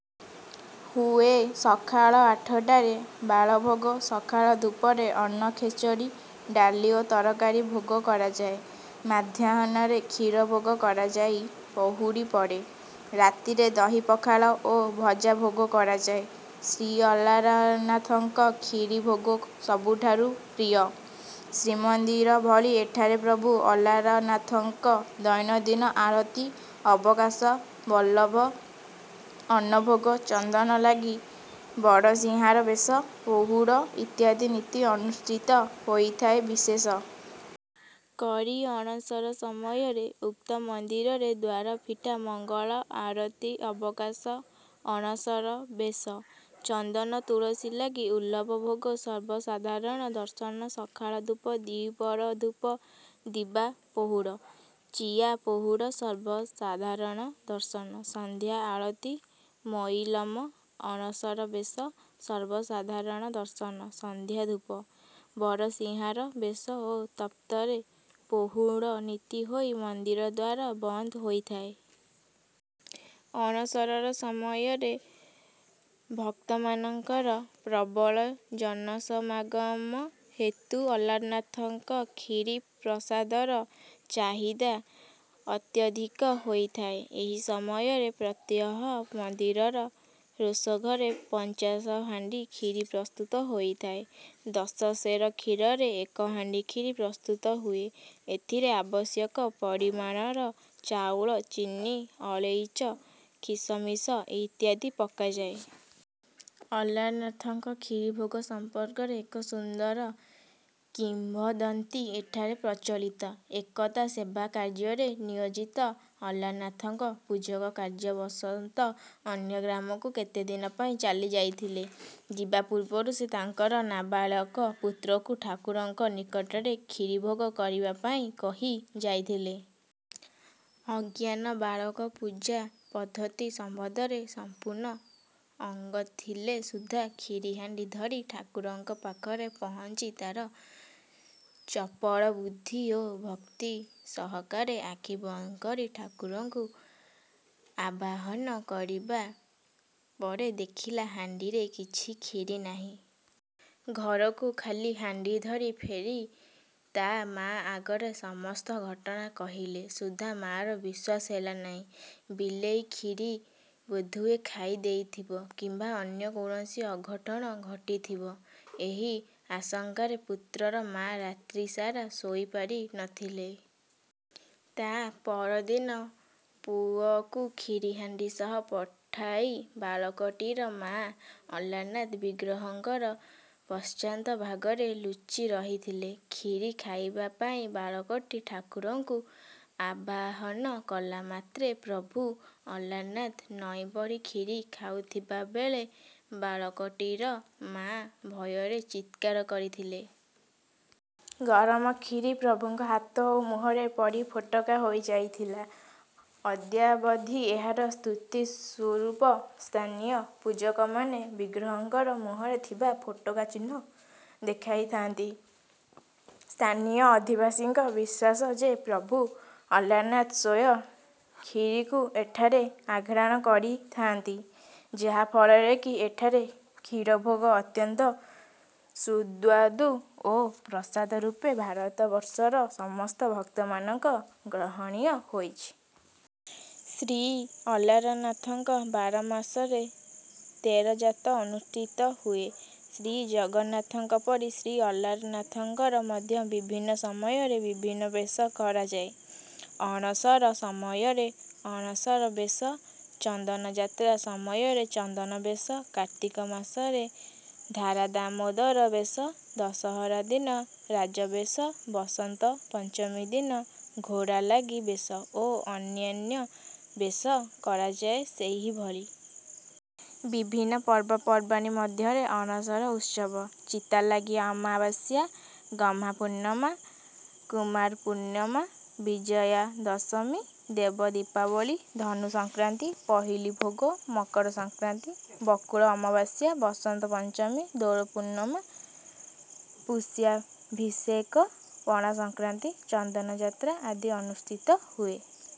ହୁଏ। ସକାଳ ଆଠଟାରେ ବାଳଭୋଗ, ସକାଳ ଧୂପରେ ଅନ୍ନ, ଖେଚେଡ଼ି, ଡାଲି ଓ ତରକାରୀ ଭୋଗ କରାଯାଏ। ମାଧ୍ୟାହ୍ନରେ କ୍ଷୀର ଭୋଗ କରାଯାଇ ପହୁଡ଼ ପଡ଼େ। ରାତିରେ ଦହି ପଖାଳ ଓ ଭଜା ଭୋଗ କରାଯାଏ। ଶ୍ରୀଅଲାରନାଥଙ୍କ କ୍ଷୀରି ଭୋଗ ସବୁଠାରୁ ପ୍ରିୟ। ଶ୍ରୀମନ୍ଦିର ଭଳି ଏଠାରେ ପ୍ରଭୁ ଅଲାରନାଥଙ୍କ ଦୈନନ୍ଦିନ ଆଳତି, ଅବକାଶ, ବଲ୍ଲଭ, ଅନ୍ନଭୋଗ, ଚନ୍ଦନ ଲାଗି, ବଡ଼ସିଂହାର ବେଶ, ପହୁଡ଼ ଇତ୍ୟାଦି ନୀତି ଅନୁଷ୍ଠିତ ହୋଇଥାଏ। ବିଶେଷ କରି ଅଣସର ସମୟରେ ଉକ୍ତ ମନ୍ଦିରରେ ଦ୍ୱାର ଫିଟା, ମଙ୍ଗଳ ଆରତୀ, ଅବକାଶ, ଅଣସର ବେଶ, ଚନ୍ଦନ ତୁଳସୀ ଲାଗି, ବଲ୍ଲଭ ଭୋଗ, ସର୍ବସାଧାରଣ ଦର୍ଶନ, ସକାଳ ଧୂପ, ଦ୍ୱିପହର ଧୂପ, ଦିବା ପହୁଡ଼, ଚିଆଁ ପହୁଡ଼, ସର୍ବସାଧାରଣ ଦର୍ଶନ, ସନ୍ଧ୍ୟା ଆଳତି, ମଇଲମ, ଅଣସର ବେଶ, ସର୍ବସାଧାରଣ ଦର୍ଶନ, ସନ୍ଧ୍ୟା ଧୂପ, ବଡ଼ସିଂହାର ବେଶ ଓ ତତ୍ପରେ ପହୁଡ଼ ନୀତି ହୋଇ ମନ୍ଦିର ଦ୍ୱାର ବନ୍ଦ ହୋଇଥାଏ। ଅଣସର ସମୟରେ ଭକ୍ତମାନଙ୍କର ପ୍ରବଳ ଜନସମାଗମ ହେତୁ ଅଲାରନାଥଙ୍କ କ୍ଷୀରି ପ୍ରସାଦର ଚାହିଦା ଅତ୍ୟଧିକ ହୋଇଥାଏ। ଏହି ସମୟରେ ପ୍ରତ୍ୟହ ମନ୍ଦିରର ରୋଷଘରେ ପଞ୍ଚାଶ ହାଣ୍ଡି କ୍ଷୀରି ପ୍ରସ୍ତୁତ ହୋଇଥାଏ। ଦଶ ସେର କ୍ଷୀରରେ ଏକ ହାଣ୍ଡି କ୍ଷୀରି ପ୍ରସ୍ତୁତ ହୁଏ। ଏଥିରେ ଆବଶ୍ୟକ ପରିମାଣର ଚାଉଳ, ଚିନି, ଅଳେଇଚ, ଖିସମିସ ଇତ୍ୟାଦି ପକାଯାଏ। ଅଲାରନାଥଙ୍କ କ୍ଷୀରିଭୋଗ ସମ୍ପର୍କରେ ଏକ ସୁନ୍ଦର କିମ୍ବଦନ୍ତୀ ଏଠାରେ ପ୍ରଚଳିତ। ଏକଦା ସେବା କାର୍ଯ୍ୟରେ ନିୟୋଜିତ ଅଲାରନାଥଙ୍କ ପୂଜକ କାର୍ଯ୍ୟବଶତଃ ଅନ୍ୟ ଗ୍ରାମକୁ କେତେଦିନ ପାଇଁ ଚାଲିଯାଇଥିଲେ। ଯିବା ପୂର୍ବରୁ ସେ ତାଙ୍କର ନାବାଳକ ପୁତ୍ରକୁ ଠାକୁରଙ୍କ ନିକଟରେ କ୍ଷୀରିଭୋଗ କରିବା ପାଇଁ କହି ଯାଇଥିଲେ। ଅଜ୍ଞାନ ବାଳକ ପୂଜା ପଦ୍ଧତି ସମ୍ବନ୍ଧରେ ସମ୍ପୂର୍ଣ୍ଣ ଅଜ୍ଞ ଥିଲେ ସୁଦ୍ଧା କ୍ଷୀରି ହାଣ୍ଡି ଧରି ଠାକୁରଙ୍କ ପାଖରେ ପହଞ୍ଚି ତାର ଚପଳ ବୁଦ୍ଧି ଓ ଭକ୍ତି ସହକାରେ ଆଖି ବନ୍ଦ କରି ଠାକୁରଙ୍କୁ ଆବାହନ କରିବା ପରେ ଦେଖିଲା ହାଣ୍ଡିରେ କିଛି କ୍ଷୀରି ନାହିଁ। ଘରକୁ ଖାଲି ହାଣ୍ଡି ଧରି ଫେରି ତା' ମା' ଆଗରେ ସମସ୍ତ ଘଟଣା କହିଲେ ସୁଦ୍ଧା ମା'ର ବିଶ୍ୱାସ ହେଲା ନାହିଁ। ବିଲେଇ କ୍ଷୀରି ବୋଧହୁଏ ଖାଇ ଦେଇଥିବ କିମ୍ବା ଅନ୍ୟ କୌଣସି ଅଘଟଣ ଘଟିଥିବ, ଏହି ଆଶଙ୍କାରେ ପୁତ୍ରର ମା' ରାତ୍ରିସାରା ଶୋଇ ପାରି ନ ଥିଲେ। ତା' ପରଦିନ ପୁଅକୁ କ୍ଷୀରି ହାଣ୍ଡି ସହ ପଠାଇ ବାଳକଟିର ମାଆ ଅଲାରନାଥ ବିଗ୍ରହଙ୍କର ପଶ୍ଚାତ୍ ଭାଗରେ ଲୁଚି ରହିଥିଲେ। କ୍ଷୀରି ଖାଇବା ପାଇଁ ବାଳକଟି ଠାକୁରଙ୍କୁ ଆବାହନ କଲା ମାତ୍ରେ, ପ୍ରଭୁ ଅଲାରନାଥ ନଇଁ ପଡ଼ି କ୍ଷୀରି ଖାଉଥିବା ବେଳେ ବାଳକଟିର ମା' ଭୟରେ ଚିତ୍କାର କରିଥିଲେ। ଗରମ କ୍ଷୀରି ପ୍ରଭୁଙ୍କ ହାତ ଓ ମୁହଁରେ ପଡ଼ି ଫୋଟକା ହୋଇଯାଇଥିଲା। ଅଦ୍ୟାବଧି ଏହାର ସ୍ମୃତି ସ୍ୱରୂପ ସ୍ଥାନୀୟ ପୂଜକମାନେ ବିଗ୍ରହଙ୍କର ମୁହଁରେ ଥିବା ଫୋଟକା ଚିହ୍ନ ଦେଖାଇଥାନ୍ତି। ସ୍ଥାନୀୟ ଅଧିବାସୀଙ୍କ ବିଶ୍ୱାସ ଯେ, ପ୍ରଭୁ ଅଲାରନାଥ ସ୍ୱୟଂ କ୍ଷୀରିକୁ ଏଠାରେ ଆଘ୍ରାଣ କରିଥାଆନ୍ତି, ଯାହାଫଳରେ କି ଏଠାରେ କ୍ଷୀର ଭୋଗ ଅତ୍ୟନ୍ତ ସୁସ୍ୱାଦୁ ଓ ପ୍ରସାଦ ରୂପେ ଭାରତବର୍ଷର ସମସ୍ତ ଭକ୍ତମାନଙ୍କ ଗ୍ରହଣୀୟ ହୋଇଛି। ଶ୍ରୀ ଅଲାରନାଥଙ୍କ ବାରମାସରେ ତେର ଯାତ ଅନୁଷ୍ଠିତ ହୁଏ। ଶ୍ରୀ ଜଗନ୍ନାଥଙ୍କ ପରି ଶ୍ରୀ ଅଲାରନାଥଙ୍କର ମଧ୍ୟ ବିଭିନ୍ନ ସମୟରେ ବିଭିନ୍ନ ବେଶ କରାଯାଏ। ଅଣସର ସମୟରେ ଅଣସର ବେଶ, ଚନ୍ଦନ ଯାତ୍ରା ସମୟରେ ଚନ୍ଦନ ବେଶ, କାର୍ତ୍ତିକ ମାସରେ ରାଧାଦାମୋଦର ବେଶ, ଦଶହରା ଦିନ ରାଜବେଶ, ବସନ୍ତ ପଞ୍ଚମୀ ଦିନ ଘୋଡ଼ାଲାଗି ବେଶ ଓ ଅନ୍ୟାନ୍ୟ ବେଶ କରାଯାଏ। ସେହିଭଳି ବିଭିନ୍ନ ପର୍ବପର୍ବାଣି ମଧ୍ୟରେ ଅଣସର ଉତ୍ସବ, ଚିତାଲାଗି ଅମାବାସ୍ୟା, ଗହ୍ମାପୂର୍ଣ୍ଣିମା, କୁମାର ପୂର୍ଣ୍ଣିମା, ବିଜୟା ଦଶମୀ, ଦେବ ଦୀପାବଳୀ, ଧନୁ ସଂକ୍ରାନ୍ତି, ପହିଲି ଭୋଗ, ମକର ସଂକ୍ରାନ୍ତି, ବକୁଳ ଅମାବାସ୍ୟା, ବସନ୍ତ ପଞ୍ଚମୀ, ଦୋଳ ପୂର୍ଣ୍ଣିମା, ପୁଷ୍ୟାଭିଷେକ, ପଣାସଂକ୍ରାନ୍ତି, ଚନ୍ଦନ ଯାତ୍ରା ଆଦି ଅନୁଷ୍ଠିତ ହୁଏ।